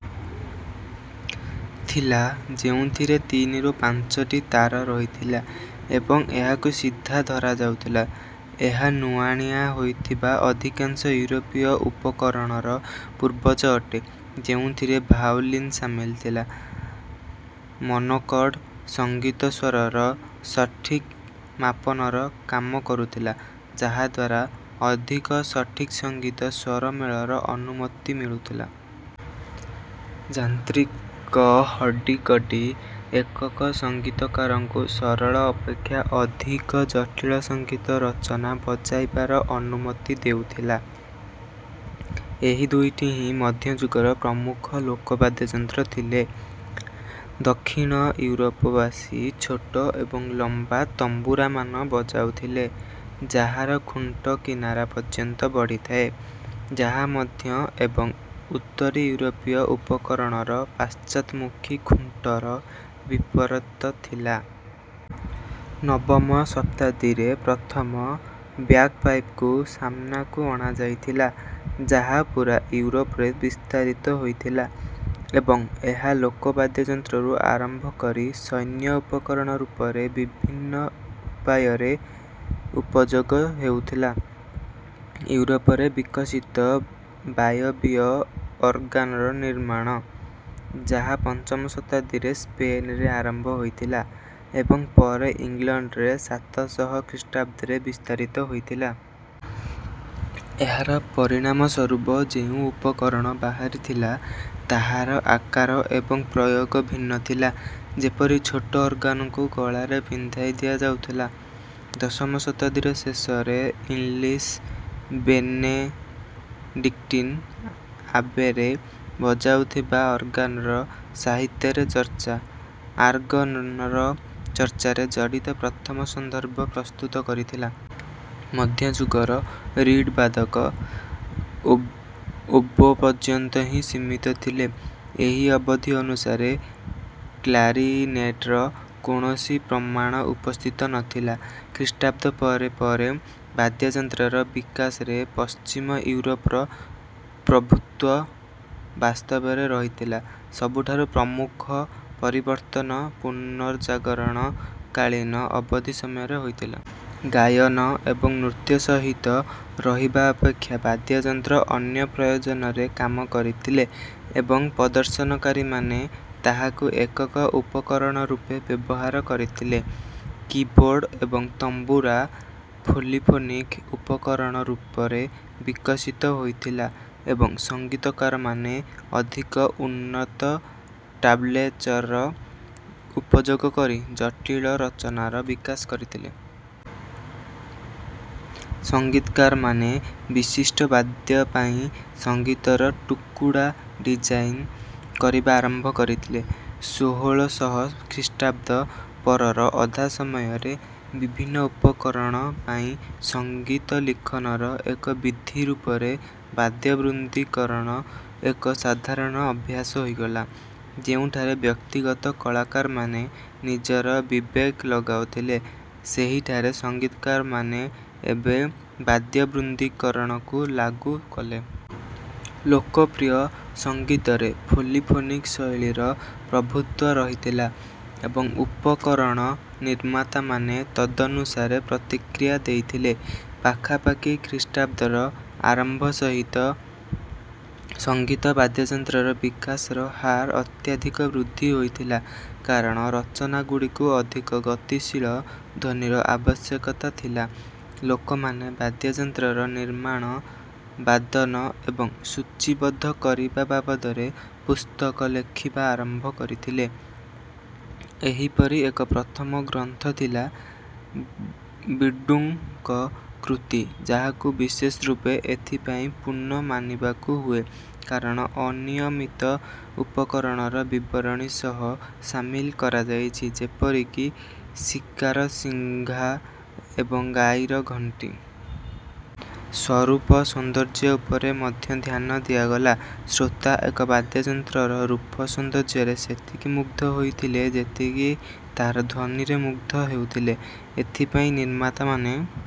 ଥିଲା ଯେଉଁଥିରେ ତିନିରୁ ପାଞ୍ଚଟି ତାର ରହିଥିଲା ଏବଂ ଏହାକୁ ସିଧା ଧରାଯାଉଥିଲା। ଏହା ନୁଆଁଣିଆ ହୋଇଥିବା ଅଧିକାଂଶ ୟୁରୋପୀୟ ଉପକରଣର ପୂର୍ବଜ ଅଟେ, ଯେଉଁଥିରେ ଭାୟୋଲିନ୍ ସାମିଲ ଥିଲା। ମନୋକର୍ଡ, ସଙ୍ଗୀତ ସ୍ୱରର ସଠିକ ମାପନର କାମ କରୁଥିଲା ଯାହାଦ୍ୱାରା ଅଧିକ ସଠିକ ସଙ୍ଗୀତ ସ୍ୱରମେଳର ଅନୁମତି ମିଳୁଥିଲା। ଯାନ୍ତ୍ରିକ ହର୍ଡି ଗଡି, ଏକକ ସଙ୍ଗୀତକାରଙ୍କୁ ସରଳ ଅପେକ୍ଷା ଅଧିକ ଜଟିଳ ସଙ୍ଗୀତ ରଚନା ବଜାଇବାର ଅନୁମତି ଦେଉଥିଲା, ଏହି ଦୁଇଟି ହିଁ ମଧ୍ୟଯୁଗର ପ୍ରମୁଖ ଲୋକ ବାଦ୍ୟଯନ୍ତ୍ର ଥିଲେ। ଦକ୍ଷିଣ ୟୁରୋପ ବାସୀ, ଛୋଟ ଏବଂ ଲମ୍ବା ତମ୍ବୁରାମାନ ବଜାଉଥିଲେ ଯାହାର ଖୁଣ୍ଟ କିନାରା ପର୍ଯ୍ୟନ୍ତ ବଢ଼ିଥାଏ, ଯାହା ମଧ୍ୟ ଏବଂ ଉତ୍ତରୀ ୟୁରୋପୀୟ ଉପକରଣର ପାଶ୍ଚାତ୍‌ମୁଖୀ ଖୁଣ୍ଟର ବିପରତ ଥିଲା। ନବମ ଶତାବ୍ଦୀରେ ପ୍ରଥମ ବ୍ୟାଗପାଇପ୍‌କୁ ସାମ୍ନାକୁ ଅଣାଯାଇଥିଲା ଯାହା ପୁରା ୟୁରୋପରେ ବିସ୍ତାରିତ ହୋଇଥିଲା ଏବଂ ଏହା ଲୋକ ବାଦ୍ୟଯନ୍ତ୍ରରୁ ଆରମ୍ଭ କରି ସୈନ୍ୟ ଉପକରଣ ରୂପରେ ବିଭିନ୍ନ ଉପାୟରେ ଉପଯୋଗ ହେଉଥିଲା। ୟୁରୋପରେ ବିକଶିତ ବାୟବୀୟ ଅର୍ଗାନର ନିର୍ମାଣ, ଯାହା ପଞ୍ଚମ ଶତାବ୍ଦୀରେ ସ୍ପେନ୍‌ରେ ଆରମ୍ଭ ହୋଇଥିଲା ଏବଂ ପରେ ଇଂଲଣ୍ଡରେ ସାତ ଶହ ଖ୍ରୀଷ୍ଟାବ୍ଦରେ ବିସ୍ତାରିତ ହୋଇଥିଲା। ଏହାର ପରିଣାମ ସ୍ୱରୂପ ଯେଉଁ ଉପକରଣ ବାହାରିଥିଲା ତାହାର ଆକାର ଏବଂ ପ୍ରୟୋଗ ଭିନ୍ନ ଥିଲା, ଯେପରି ଛୋଟ ଅର୍ଗାନକୁ ଗଳାରେ ପିନ୍ଧାଇ ଦିଆଯାଉଥିଲା। ଦଶମ ଶତାବ୍ଦୀର ଶେଷରେ ଇଂଲିଶ ବେନେଡିକ୍ଟିନ୍ ଆବେରେ ବଜାଯାଉଥିବା ଅର୍ଗାନର ସାହିତ୍ୟରେ ଚର୍ଚ୍ଚା, ଆର୍ଗନନର ଚର୍ଚ୍ଚାରେ ଜଡ଼ିତ ପ୍ରଥମ ସନ୍ଦର୍ଭ ପ୍ରସ୍ତୁତ କରିଥିଲା। ମଧ୍ୟଯୁଗର ରୀଡ୍ ବାଦକ, ଓ ଓବୋ ପର୍ଯ୍ୟନ୍ତ ହିଁ ସୀମିତ ଥିଲେ, ଏହି ଅବଧି ଅନୁସାରେ କ୍ଲାରିନେଟ୍‌ର କୌଣସି ପ୍ରମାଣ ଉପସ୍ଥିତ ନଥିଲା। ଖ୍ରୀଷ୍ଟାବ୍ଦ ପରେ ପରେ ବାଦ୍ୟଯନ୍ତ୍ରର ବିକାଶରେ ପଶ୍ଚିମ ୟୁରୋପର ପ୍ରଭୁତ୍ୱ ବାସ୍ତବରେ ରହିଥିଲା। ସବୁଠାରୁ ପ୍ରମୁଖ ପରିବର୍ତ୍ତନ ପୁନର୍ଜାଗରଣ କାଳୀନ ଅବଧି ସମୟରେ ହୋଇଥିଲା। ଗାୟନ ଏବଂ ନୃତ୍ୟ ସହିତ ରହିବା ଅପେକ୍ଷା ବାଦ୍ୟଯନ୍ତ୍ର ଅନ୍ୟ ପ୍ରୟୋଜନରେ କାମ କରିଥିଲେ ଏବଂ ପ୍ରଦର୍ଶନକାରୀମାନେ ତାହାକୁ ଏକକ ଉପକରଣ ରୂପେ ବ୍ୟବହାର କରିଥିଲେ। କିବୋର୍ଡ ଏବଂ ତମ୍ବୁରା, ପୋଲିଫୋନିକ୍ ଉପକରଣ ରୂପରେ ବିକଶିତ ହୋଇଥିଲା ଏବଂ ସଙ୍ଗୀତକାରମାନେ ଅଧିକ ଉନ୍ନତ ଟାବଲେଚରର ଉପଯୋଗ କରି ଜଟିଳ ରଚନାର ବିକାଶ କରିଥିଲେ। ସଙ୍ଗୀତକାରମାନେ, ବିଶିଷ୍ଟ ବାଦ୍ୟ ପାଇଁ ସଙ୍ଗୀତର ଟୁକୁଡ଼ା ଡିଜାଇନ କରିବା ଆରମ୍ଭ କରିଥିଲେ। ଷୋହଳ ଶହ ଖ୍ରୀଷ୍ଟାବ୍ଦ ପରର ଅଧା ସମୟରେ, ବିଭିନ୍ନ ଉପକରଣ ପାଇଁ ସଙ୍ଗୀତ ଲିଖନର ଏକ ବିଧି ରୂପରେ ବାଦ୍ୟବୃନ୍ଦୀକରଣ ଏକ ସାଧାରଣ ଅଭ୍ୟାସ ହୋଇଗଲା, ଯେଉଁଠାରେ ବ୍ୟକ୍ତିଗତ କଳାକାରମାନେ ନିଜର ବିବେକ ଲଗାଉଥିଲେ, ସେହିଠାରେ ସଙ୍ଗୀତକାରମାନେ ଏବେ ବାଦ୍ୟବୃନ୍ଦୀକରଣକୁ ଲାଗୁ କଲେ। ଲୋକପ୍ରିୟ ସଙ୍ଗୀତରେ ପୋଲିଫୋନିକ୍ ଶୈଳୀର ପ୍ରଭୁତ୍ୱ ରହିଥିଲା ଏବଂ ଉପକରଣ ନିର୍ମାତାମାନେ ତଦନୁସାରେ ପ୍ରତିକ୍ରିୟା ଦେଇଥିଲେ। ପାଖାପାଖି ଖ୍ରୀଷ୍ଟାବ୍ଦର ଆରମ୍ଭ ସହିତ, ସଙ୍ଗୀତ ବାଦ୍ୟଯନ୍ତ୍ରର ବିକାଶର ହାର ଅତ୍ୟଧିକ ବୃଦ୍ଧି ହୋଇଥିଲା କାରଣ ରଚନାଗୁଡ଼ିକୁ ଅଧିକ ଗତିଶୀଳ ଧ୍ୱନିର ଆବଶ୍ୟକତା ଥିଲା। ଲୋକମାନେ ବାଦ୍ୟଯନ୍ତ୍ରର ନିର୍ମାଣ, ବାଦନ ଏବଂ ସୂଚୀବଦ୍ଧ କରିବା ବାବଦରେ ପୁସ୍ତକ ଲେଖିବା ଆରମ୍ଭ କରିଥିଲେ, ଏହିପରି ଏକ ପ୍ରଥମ ଗ୍ରନ୍ଥ ଥିଲା ବିଡୁଙ୍କ କୃତି ଯାହାକୁ ବିଶେଷ ରୂପରେ ଏଥିପାଇଁ ପୂର୍ଣ୍ଣ ମାନିବାକୁ ହୁଏ କାରଣ ଅନିୟମିତ ଉପକରଣର ବିବରଣୀ ସହ ସାମିଲ କରାଯାଇଛି, ଯେପରି କି ଶିକାର ଶିଙ୍ଘା ଏବଂ ଗାଈର ଘଣ୍ଟି। ସ୍ୱରୂପ ସୌନ୍ଦର୍ଯ୍ୟ ଉପରେ ମଧ୍ୟ ଧ୍ୟାନ ଦିଆଗଲା, ଶ୍ରୋତା ଏକ ବାଦ୍ୟଯନ୍ତ୍ରର ରୂପ ସୌନ୍ଦର୍ଯ୍ୟରେ ସେତିକି ମୁଗ୍ଧ ହୋଇଥିଲେ ଯେତିକି ତାହାର ଧ୍ୱନିରେ ମୁଗ୍ଧ ହେଉଥିଲେ। ଏଥିପାଇଁ ନିର୍ମାତାମାନେ